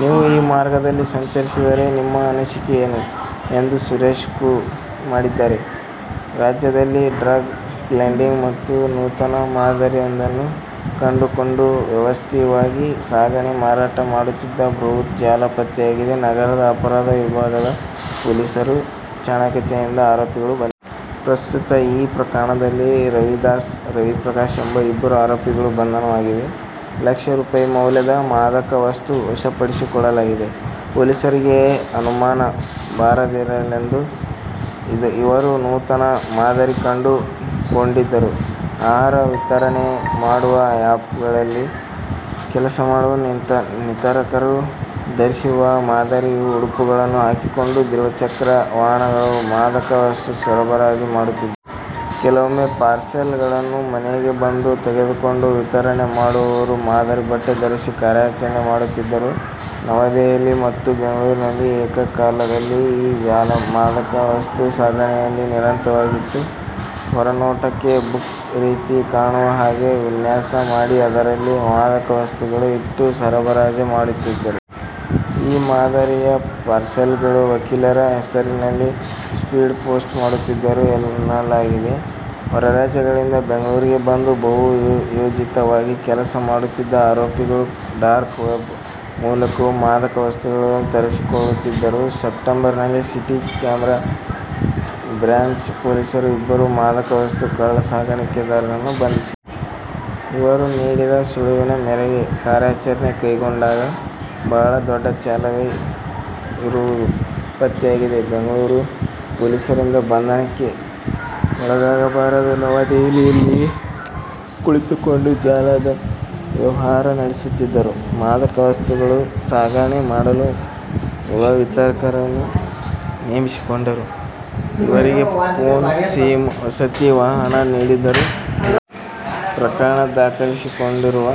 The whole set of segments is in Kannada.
ನೀವೂ ಈ ಮಾರ್ಗದಲ್ಲಿ ಸಂಚರಿಸಿದ್ದರೆ ನಿಮ್ಮ ಅನಿಸಿಕೆ ಏನು? ' ಎಂದು ನರೇಶ್ ಕೂ ಮಾಡಿದ್ದಾರೆ. ರಾಜ್ಯದಲ್ಲಿ ಡ್ರಗ್ ಪೆಡ್ಲಿಂಗ್ ಮಾಡಲು ನೂತನ ಮಾದರಿಯೊಂದನ್ನು ಕಂಡುಕೊಂಡು ವ್ಯವಸ್ಥಿತವಾಗಿ ಸಾಗಣೆ ಮಾರಾಟ ಮಾಡುತ್ತಿದ್ದ ಬೃಹತ್ ಜಾಲ ಪತ್ತೆಯಾಗಿದೆ. ನಗರದ ಅಪರಾಧ ವಿಭಾಗದ ಪೊಲೀಸರು ಚಾಣಾಕ್ಷತೆಯಿಂದ ಆರೋಪಿಗಳನ್ನು ಬಂಧಿಸಿದ್ದಾರೆ. ಪ್ರಸ್ತುತ ಈ ಪ್ರಕರಣದಲ್ಲಿ ರವಿದಾಸ್, ರವಿ ಪ್ರಕಾಶ್ ಎಂಬ ಇಬ್ಬರು ಆರೋಪಿಗಳ ಬಂಧನವಾಗಿದೆ. ಲಕ್ಷ ರೂಪಾಯಿ ಮೌಲ್ಯದ ಮಾದಕ ವಸ್ತು ವಶಪಡಿಸಿಕೊಳ್ಳಲಾಗಿದೆ. ಪೊಲೀಸರಿಗೆ ಅನುಮಾನ ಬಾರದಿರಲೆಂದು ಇವರು ನೂತನ ಮಾದರಿ ಕಂಡು ಕೊಂಡಿದ್ದರು. ಆಹಾರ ವಿತರಣೆ ಮಾಡುವ ಆ್ಯಪ್ ಗಳಲ್ಲಿ ಕೆಲಸ ಮಾಡುವ ವಿತರಕರು ಧರಿಸುವ ಮಾದರಿಯ ಉಡುಪುಗಳನ್ನು ಹಾಕಿಕೊಂಡು ದ್ವಿಚಕ್ರ ವಾಹನಗಳಲ್ಲಿ ಮಾದಕ ವಸ್ತು ಸರಬರಾಜು ಮಾಡುತ್ತಿದ್ದರು. ಕೆಲವೊಮ್ಮೆ ಪಾರ್ಸೆಲ್ ಗಳನ್ನು ಮನೆಗೆ ಬಂದು ತೆಗೆದುಕೊಂಡು ವಿತರಣೆ ಮಾಡುವವರ ಮಾದರಿ ಬಟ್ಟೆ ಧರಿಸಿ ಕಾರ್ಯಾಚರಣೆ ಮಾಡುತ್ತಿದ್ದರು. ನವದೆಹಲಿ ಮತ್ತು ಬೆಂಗಳೂರಿನಲ್ಲಿ ಏಕಕಾಲದಲ್ಲಿ ಈ ಜಾಲ ಮಾದಕ ವಸ್ತು ಸಾಗಣೆಯಲ್ಲಿ ನಿರತವಾಗಿತ್ತು. ಹೊರನೋಟಕ್ಕೆ ಬುಕ್ ರೀತಿ ಕಾಣುವ ಹಾಗೆ ವಿನ್ಯಾಸ ಮಾಡಿ ಅದರಲ್ಲಿ ಮಾದಕ ವಸ್ತುಗಳನ್ನು ಇಟ್ಟು ಸರಬರಾಜು ಮಾಡುತ್ತಿದ್ದರು. ಈ ಮಾದರಿಯ ಪಾರ್ಸೆಲುಗಳನ್ನು ವಕೀಲರ ಹೆಸರಿನಲ್ಲಿ ಸ್ಪೀಡ್ ಪೋಸ್ಟ್ ಮಾಡುತ್ತಿದ್ದರು ಎನ್ನಲಾಗಿದೆ. ಹೊರರಾಜ್ಯಗಳಿಂದ ಬೆಂಗಳೂರಿಗೆ ಬಂದು ಬಹು ಯೋಜಿತವಾಗಿ ಕೆಲಸ ಮಾಡುತ್ತಿದ್ದ ಆರೋಪಿಗಳು ಡಾರ್ಕ್ ವೆಬ್ ಮೂಲಕವೂ ಮಾದಕ ವಸ್ತುಗಳನ್ನು ತರಿಸಿಕೊಳ್ಳುತ್ತಿದ್ದರು. ಸೆಪ್ಟೆಂಬರ್ ನಲ್ಲಿ ಸಿಟಿ ಕ್ರೈಮ್ ಬ್ರಾಂಚ್ ಪೊಲೀಸರು ಇಬ್ಬರು ಮಾದಕ ವಸ್ತು ಕಳ್ಳ ಸಾಗಾಣೆದಾರರನ್ನು ಬಂಧಿಸಿದ್ದರು. ಇವರು ನೀಡಿದ ಸುಳಿವಿನ ಮೇರೆಗೆ ಕಾರ್ಯಾಚರಣೆ ಕೈಗೊಂಡಾಗ ಬಹಳ ದೊಡ್ಡ ಜಾಲವೇ ಇರುವುದು ಪತ್ತೆಯಾಗಿದೆ. ಬೆಂಗಳೂರು ಪೊಲೀಸರಿಂದ ಬಂಧನಕ್ಕೆ ಒಳಗಾಗಬಾರದೆಂದು ನವದೆಹಲಿಯಲ್ಲಿಯೇ ಕುಳಿತುಕೊಂಡು ಜಾಲದ ಅವ್ಯವಹಾರ ನಡೆಸುತ್ತಿದ್ದರು, ಮಾದಕ ವಸ್ತುಗಳನ್ನು ಸಾಗಣೆ ಮಾಡಲು ಯುವ ವಿತರಕರನ್ನು ನೇಮಿಸಿಕೊಂಡಿದ್ದರು. ಇವರಿಗೆ ಪೋನ್, ಸಿಮ್, ವಸತಿ, ವಾಹನ ನೀಡುತ್ತಿದ್ದರು ಎನ್ನಲಾಗಿದೆ. ಪ್ರಕರಣ ದಾಖಲಿಸಿಕೊಂಡಿರುವ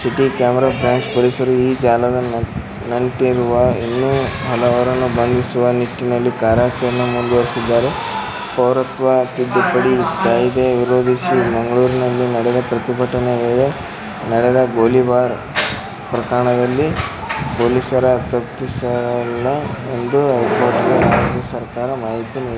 ಸಿಟಿ ಕ್ರೈಮ್ ಬ್ರಾಂಚ್ ಪೊಲೀಸರು ಈ ಜಾಲದ ನಂಟಿರುವ ಇನ್ನೂ ಹಲವರನ್ನು ಬಂಧಿಸುವ ನಿಟ್ಟಿನಲ್ಲಿ ಕಾರ್ಯಾಚರಣೆ ಮುಂದುವರಿಸಿದ್ದಾರೆ. ಪೌರತ್ವ ತಿದ್ದುಪಡಿ ಕಾಯ್ದೆ ವಿರೋಧಿಸಿ ಮಂಗಳೂರಿನಲ್ಲಿ ನಡೆದ ಪ್ರತಿಭಟನೆ ವೇಳೆ ನಡೆದ ಗೋಲಿಬಾರ್ ಪ್ರಕರಣದಲ್ಲಿ ಪೊಲೀಸರ ತಪ್ಪಿತಸ್ಥರಲ್ಲ ಎಂದು ಹೈಕೋರ್ಟ್'ಗೆ ರಾಜ್ಯ ಸರ್ಕಾರ ಮಾಹಿತಿ ನೀಡಿದೆ.